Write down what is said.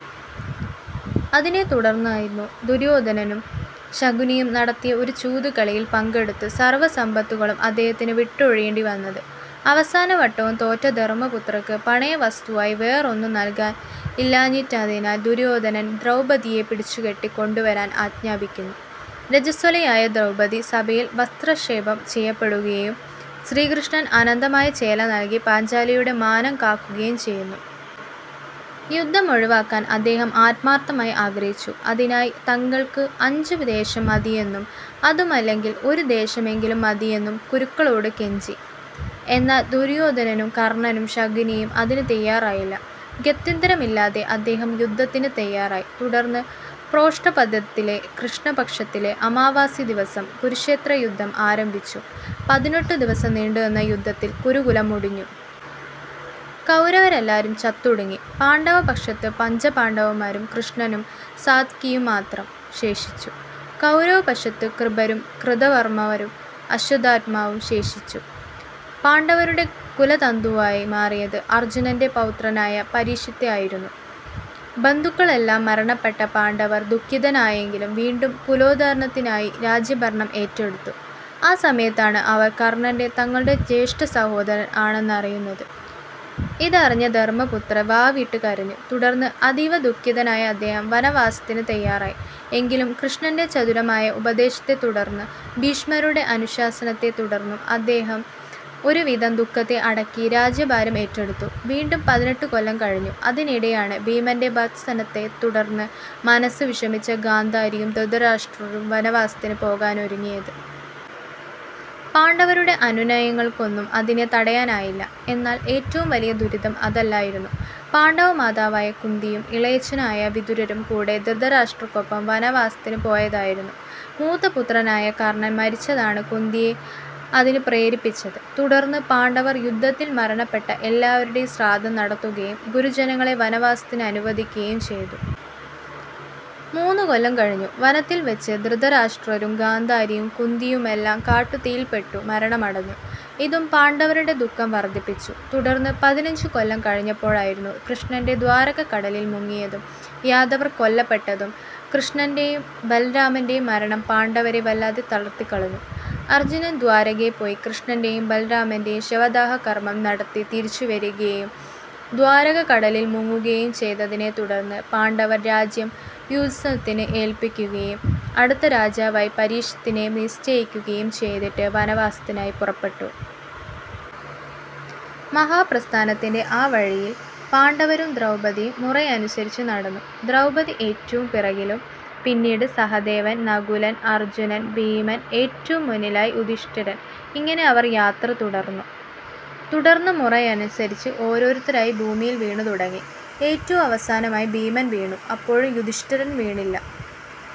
അതിനെത്തുടർന്നായിരുന്നു ദുര്യോധനനും ശകുനിയും നടത്തിയ ഒരു ചൂതുകളിയിൽ പങ്കെടുത്തു സർവ്വസമ്പത്തുകളും അദ്ദേഹത്തിന് വിട്ടൊഴിയേണ്ടി വന്നത്. അവസാന വട്ടവും തോറ്റ ധര്മപുത്രർക്ക്, പണയ വസ്തുവായി വേറൊന്നും നല്കാനില്ലാഞ്ഞതിനാൽ ദുര്യോധനൻ ദ്രൗപദിയെ പിടിച്ചു കെട്ടി കൊണ്ടുവരാൻ ആജ്ഞാപിക്കുന്നു. രജസ്വലയായ ദ്രൗപദി സഭയിൽ വസ്ത്രക്ഷേപം ചെയ്യപ്പെടുകയും, ശ്രീകൃഷ്ണൻ അനന്തമായ ചേല നൽകി പാഞ്ചാലിയുടെ മാനം കാക്കുകയും ചെയ്യുന്നു. യുദ്ധമൊഴിവാക്കാൻ അദ്ദേഹം ആത്മാർത്ഥമായി ആഗ്രഹിച്ചു. അതിനായി തങ്ങൾക്കു അഞ്ചു ദേശം മതിയെന്നും അതുമല്ലെങ്കിൽ ഒരു ദേശമെങ്കിലും മതിയെന്നും കുരുക്കളോടു കെഞ്ചി. എന്നാൽ ദുര്യോധനനും കർണ്ണനും ശകുനിയും അതിനു തയ്യാറായില്ല. ഗത്യന്തരമില്ലാതെ അദ്ദേഹം യുദ്ധത്തിന് തയ്യാറായി. തുടർന്ന് പ്രോഷ്ഠപദത്തിലെ കൃഷ്ണപക്ഷത്തിലെ അമാവാസി ദിവസം കുരുക്ഷേത്രയുദ്ധം ആരംഭിച്ചു. പതിനെട്ടു ദിവസം നീണ്ടുനിന്ന യുദ്ധത്തിൽ കുരുകുലം മുടിഞ്ഞു. കൗരവരെല്ലാം ചത്തൊടുങ്ങി. പാണ്ഡവപക്ഷത്തു പഞ്ചപാണ്ഡവരും കൃഷ്ണനും സാത്യകിയും മാത്രം ശേഷിച്ചു. കൗരവപക്ഷത്തു കൃപരും, കൃതവർമ്മാവും, അശ്വത്ഥാമാവും ശേഷിച്ചു. പാണ്ഡവരുടെ കുലതന്തുവായി മാറിയത് അർജ്ജുനന്റെ പൗത്രനായ പരീക്ഷിത്തായിരുന്നു. ബന്ധുക്കളെല്ലാം മരണപ്പെട്ട പാണ്ഡവർ ദുഃഖിതരായെങ്കിലും വീണ്ടും കുലോദ്ധാരണത്തിനായി രാജ്യഭരണം ഏറ്റെടുത്തു. ആ സമയത്താണ് അവർ കർണ്ണൻ തങ്ങളുടെ ജ്യേഷ്ഠസഹോദരൻ ആണെന്നറിയുന്നതു. ഇതറിഞ്ഞ ധർമ്മപുത്രർ വാവിട്ടു കരഞ്ഞു. തുടർന്ന് അതീവദുഃഖിതനായ അദ്ദേഹം വനവാസത്തിനു തയ്യാറായി. എങ്കിലും കൃഷ്ണന്റെ ചതുരമായ ഉപദേശത്തെത്തുടർന്നും, ഭീഷ്മരുടെ അനുശാസനത്തെത്തുടർന്നും അദ്ദേഹം ഒരുവിധം ദുഃഖത്തെ അടക്കി രാജ്യഭാരം ഏറ്റെടുത്തു. വീണ്ടും പതിനെട്ടു കൊല്ലം കഴിഞ്ഞു. അതിനിടെയാണ് ഭീമന്റെ ഭർത്സനത്തെ തുടർന്നു മനസ്സ് വിഷമിച്ച ഗാന്ധാരിയും ധൃതരാഷ്ട്രരും വനവാസത്തിനു പോകാനൊരുങ്ങിയത്. പാണ്ഡവരുടെ അനുനയങ്ങൾക്കൊന്നും അതിനെ തടയാനായില്ല. എന്നാൽ ഏറ്റവും വലിയ ദുരിതം അതല്ലായിരുന്നു. പാണ്ഡവമാതാവായ കുന്തിയും, ഇളയച്ഛനായ വിദുരരും കൂടെ ധൃതരാഷ്ട്രര്ക്കൊപ്പം വനവാസത്തിനു പോയതായിരുന്നത്. മൂത്തപുത്രനായ കർണ്ണൻ മരിച്ചതാണ് കുന്തിയെ അതിനു പ്രേരിപ്പിച്ചത്. തുടർന്ന് പാണ്ഡവർ യുദ്ധത്തിൽ മരണപ്പെട്ട എല്ലാരുടെയും ശ്രാദ്ധം നടത്തുകയും ഗുരുജനങ്ങളെ വനവാസത്തിനു അനുവദിക്കുകയും ചെയ്തു. മൂന്നുകൊല്ലം കഴിഞ്ഞു, വനത്തിൽ വച്ച് ധൃതരാഷ്ട്രരും ഗാന്ധാരിയും കുന്തിയുമെല്ലാം കാട്ടുതീയിൽപ്പെട്ടു മരണമടഞ്ഞു. ഇതും പാണ്ഡവരുടെ ദുഃഖം വർദ്ധിപ്പിച്ചു. തുടർന്ന് പതിനഞ്ചു കൊല്ലം കഴിഞ്ഞപ്പോഴായിരുന്നു കൃഷ്ണന്റെ ദ്വാരക കടലിൽ മുങ്ങിയതും യാദവർ കൊല്ലപ്പെട്ടതും. കൃഷ്ണന്റെയും ബാലരാമന്റെയും മരണം പാണ്ഡവരെ വല്ലാതെ തളർത്തിക്കളഞ്ഞു. അർജ്ജുനൻ ദ്വാരകയിൽ പോയി കൃഷ്ണന്റെയും ബാലരാമന്റെയും ശവദാഹകർമ്മം നടത്തി തിരിച്ചു വരികയും ദ്വാരക കടലിൽ മുങ്ങുകയും ചെയ്തതിനെ തുടർന്ന് പാണ്ഡവർ രാജ്യം യുയുത്സുവിനെ ഏൽപ്പിക്കുകയും അടുത്ത രാജാവായി പരീക്ഷിത്തിനെ നിശ്ചയിക്കുകയും ചെയ്തിട്ട് വനവാസത്തിനായി പുറപ്പെട്ടു. മഹാപ്രസ്ഥാനത്തിന്റെ ആ വഴിയിൽ പാണ്ഡവരും ദ്രൗപദിയും മുറയനുസരിച്ച് നടന്നു. ദ്രൗപദി ഏറ്റവും പിറകിലും പിന്നീട് സഹദേവൻ, നകുലൻ, അർജ്ജുനൻ, ഭീമൻ ഏറ്റവും മുന്നിലായി യുധിഷ്ഠിരൻ ഇങ്ങനെ അവർ യാത്ര തുടർന്നു. തുടർന്ന് മുറയനുസരിച്ച് ഓരോരുത്തരായി ഭൂമിയിൽ വീണു തുടങ്ങി. ഏറ്റവും അവസാനമായി ഭീമൻ വീണു. അപ്പോഴും യുധിഷ്ഠിരൻ വീണില്ല.